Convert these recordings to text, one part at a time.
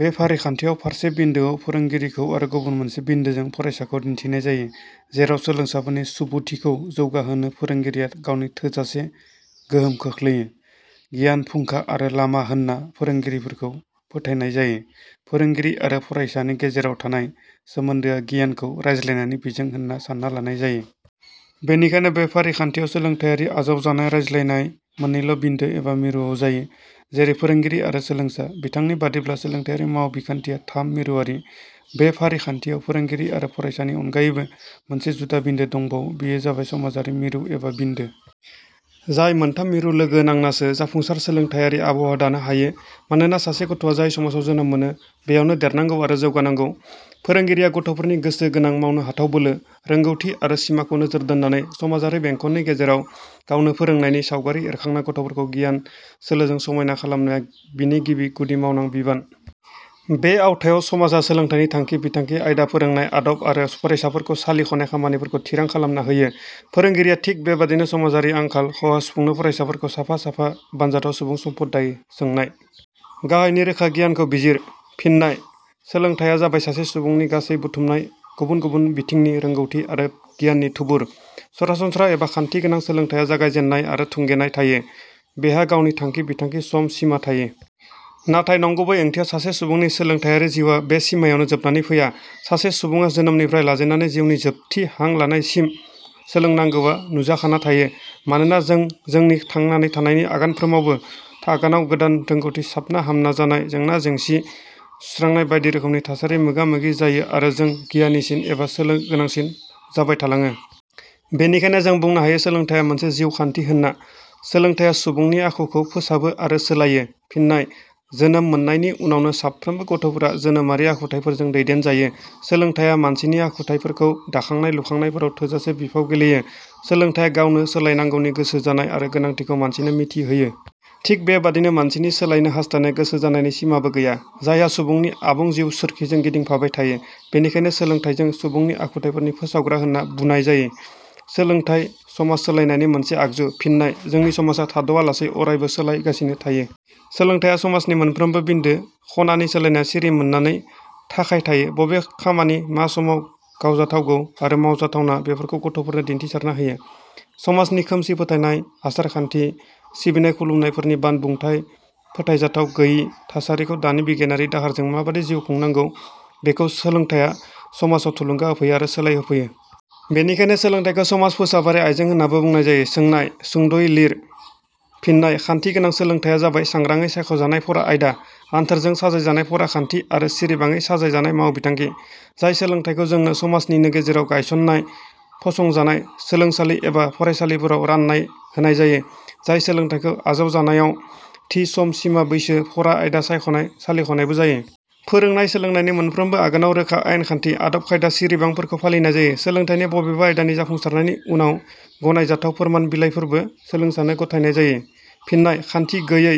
बे फारिखान्थियाव फारसे बिन्दोआव फोरोंगिरिखौ आरो गुबुन मोनसे बिन्दोजों फरायसाखौ दिन्थिनाय जायो। जेराव सोलोंसाफोरनि सुबुथिखौ जौगाहोनो फोरोंगिरिया गावनो थोजासे गोहोम खोख्लैयो। गियान फुंखा आरो लामा होन्ना फोरोंगिरिखौ फोथायनाय जायो। फोरोंगिरि आरो फरायसानि गेजेराव थानाय सोमोन्दोआ गियानखौ रानज्लायनायनि बिजों होनना सानना लानाय जायो। बेनिखायनो बे फारिखान्थियाव सोलोंथायारि आजावजानाय-रानज्लायनाय मोननैल' बिन्दो एबा मिरुवाव जायो, जेरै -फोरोंगिरि आरो सोलोंसा। बिथां नि बादिब्ला सोलोंथाइयारि मावबिखान्थिया थाम मिरुवारि। बे फारिखान्थियाव फोरोंगिरि आरो फरायसानि अनगायैबो मोनसे जुदा बिन्दो दंबावो। बेयो जाबाय समाजारि मिरु एबा बिन्दो। जाय मोन्थाम मिरु लोगो नांनासो जाफुंसार सोलोंथाइयारि आबहावा दानो हायो। मानोना सासे गथ'वा जाय समाजाव जोनोम मोनो बेयावनो देरनांगौ आरो जौगानांगौ। फोरोंगिरिया गथ'फोरनि गोसो गोनां मावनो हाथाव बोलो, रोंगौथि आरो सिमाखौ नोजोर दोन्नानै समाजारि बेंखननि गेजेराव गावनो फोरोंनायनि सावगारि एरखांना गथ'फोरखौ गियान -सोलोजों समायना खालामनाया बिनि गिबि -गुदि मावनां बिबान। बे आवथायाव समाजा सोलोंथाइनि थांखि -बिथांखि, आयदा, फोरोंनाय आदब आरो फरायसाफोरखौ सालिख'नाय खामानिफोरखौ थिरां खालामना होयो। फोरोंगिरिया थिक बेबादिनो समाजारि आंखाल – खहा सुफुंनो फरायसाफोरखौ साफा – साफा बानजाथाव सुबुं सम्पद दायो। सोंनाय -. गाहायनि रोखा गियानखौ बिजिर- फिन्नाय: सोलोंथाइया जाबाय सासे सुबुंनि गासै बुथुमनाय गुबुन गुबुन बिथिंनि रोंगौथि आरो गियाननि थुबुर। सरासनस्रा एबा खान्थि गोनां सोलोंथाइया जागायजेन्नाय आरो थुंगेनाय थायो। बेहा गावनि थांखि -बिथांखि, सम -सिमा थायो। नाथाय नंगुबै ओंथियाव सासे सुबुंनि सोलोंथाइयारि जिउआ बे सिमायावनो जोबनानै फैया। सासे सुबुंङा जोनोमनिफ्राय लाजेननानै जिउनि जोबथि हां लानाय सिम सोलोंनांगौआ नुजाखाना थायो। मानोना जों जोंनि थांनानै थानायनि आगानफ्रामबो आगानाव गोदान रोंगौथि, साबना -हामना जानाय, जेंना -जोंसि सुस्रांनाय बायदि रोखोमनि थासारि मोगा- मोगि जायो आरो जों गियानिसिन एबा सोलोगोनांसिन जाबायथालाङो। बेनिखायनो जों बुंनो हायो सोलोंथाइया मोनसे जिउ खान्थि होन्ना। सोलोंथाइया सुबुंनि आखुखौ फोसाबो आरो सोलायो। फिन्नाय: जोनोम मोन्नायनि उनावनो साफ्रोमबो गथ'फोरा जोनोमारि आखुथाइफोरजों दैदेनजायो। सोलोंथाइया मानसिनि आखुथाइफोरखौ दाखांनाय -लुखांनायफोराव थोजासे बिफाव गेलेयो। सोलोंथाइया गावनो सोलायनांगौनि गोसो जानाय आरो गोनांथिखौ मानसिनो मिथिहोयो। थिक बेबादिनो मानसिनि सोलायनो हास्थायनाय – गोसो जानायनि सिमाबो गैया। जायहा सुबुंनि आबुं जिउ सोरखिजों गिदिंफाबाय थायो। बेनिखायनो सोलोंथाइखौ सुबुंनि आखुथायफोरनि फोसावग्रा होन्ना बुनाय जायो। सोलोंथाइ समाज सोलायनायनि मोनसे आगजु। फिन्नाय: जोंनि समाजा थाद'वा लासै अरायबो सोलायगासिनो थायो। सोलोंथाइया समाजनि मोनफ्रोमबो बिन्दो – ख 'नानि सोलायनायाव सिरि मोननानै थाखाय थायो। बबे खामानि मा समाव गावजाथावगौ आरो मावजाथावा बेफोरखौ गथ'फोरनो दिन्थिसारना होयो। समाजनि खोमसि फोथायनाय, आसार -खान्थि, सिबिनाय – खुलुमनायफोरनि बानबुंथाय फोथायजाथाव गैयि थासारिखौ दानि बिगियानआरि दाहारजों माबादि जिउ – खुंनांगौ बेखौ सोलोंथाइया समाजाव थुलुंगा होफैयो आरो सोलायहोफैयो। बेनिखायनो सोलोंथाइखौ समाज फोसाबारि आइजें होन्नाबो बुंनाय जायो। सोंनाय-, सुंदयै लिर फिन्नाय: खान्थि गोनां सोलोंथाइया जाबाय सांग्रांङै सायख 'जानाय फरा आयदा, आनथोरजों साजाय जानाय फराखान्थि आरो सिरिबाङै साजायजानाय माव – बिथांखि। जाय सोलोंथाइखौ जोंनो समाजनिनो गेजेराव गायसननाय -फसंजानाय सोलोंसालि एबा फरायसालिफोराव रान्नाय होनाय जायो -जाय सोलोंथाइखौ आजावजानायव थि सम -सिमा, बैसो, फरा -आयदा, सायख 'नाय – सालिखनायबो जायो। फोरोंनाय सोलोंनायनि मोनफ्रोमबो आगानाव रोखा आयेन -खान्थि, आदब-खायदा, सिरिबांफोरखौ फालिनाय जायो। सोलोंथाइनि बबेबा आयदानि जाफुंसारनायनि उनाव गनाय जाथाव फोरमान बिलाइफोरबो सोलोंसानो गथायनाय जायो। फिननाय: खान्थि गैयै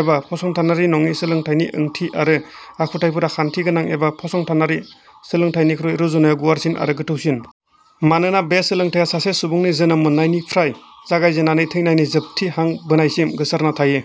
एबा फसंथानारि नङि सोलोंथाइनि ओंथि आरो आखुथाइफोरा खान्थि गोनां एबा फसंथानारि सोलोंथाइनिख्रुइ रुजुनायाव गुवारसिन आरो गोथौसिन। मानोना बे सोलोंथाइया सासे सुबुंनि जोनोम मोन्नायनिफ्राय जागायजेन्नानै थैनायनि जोबथि हां बोनायसिम गोसारना थायो।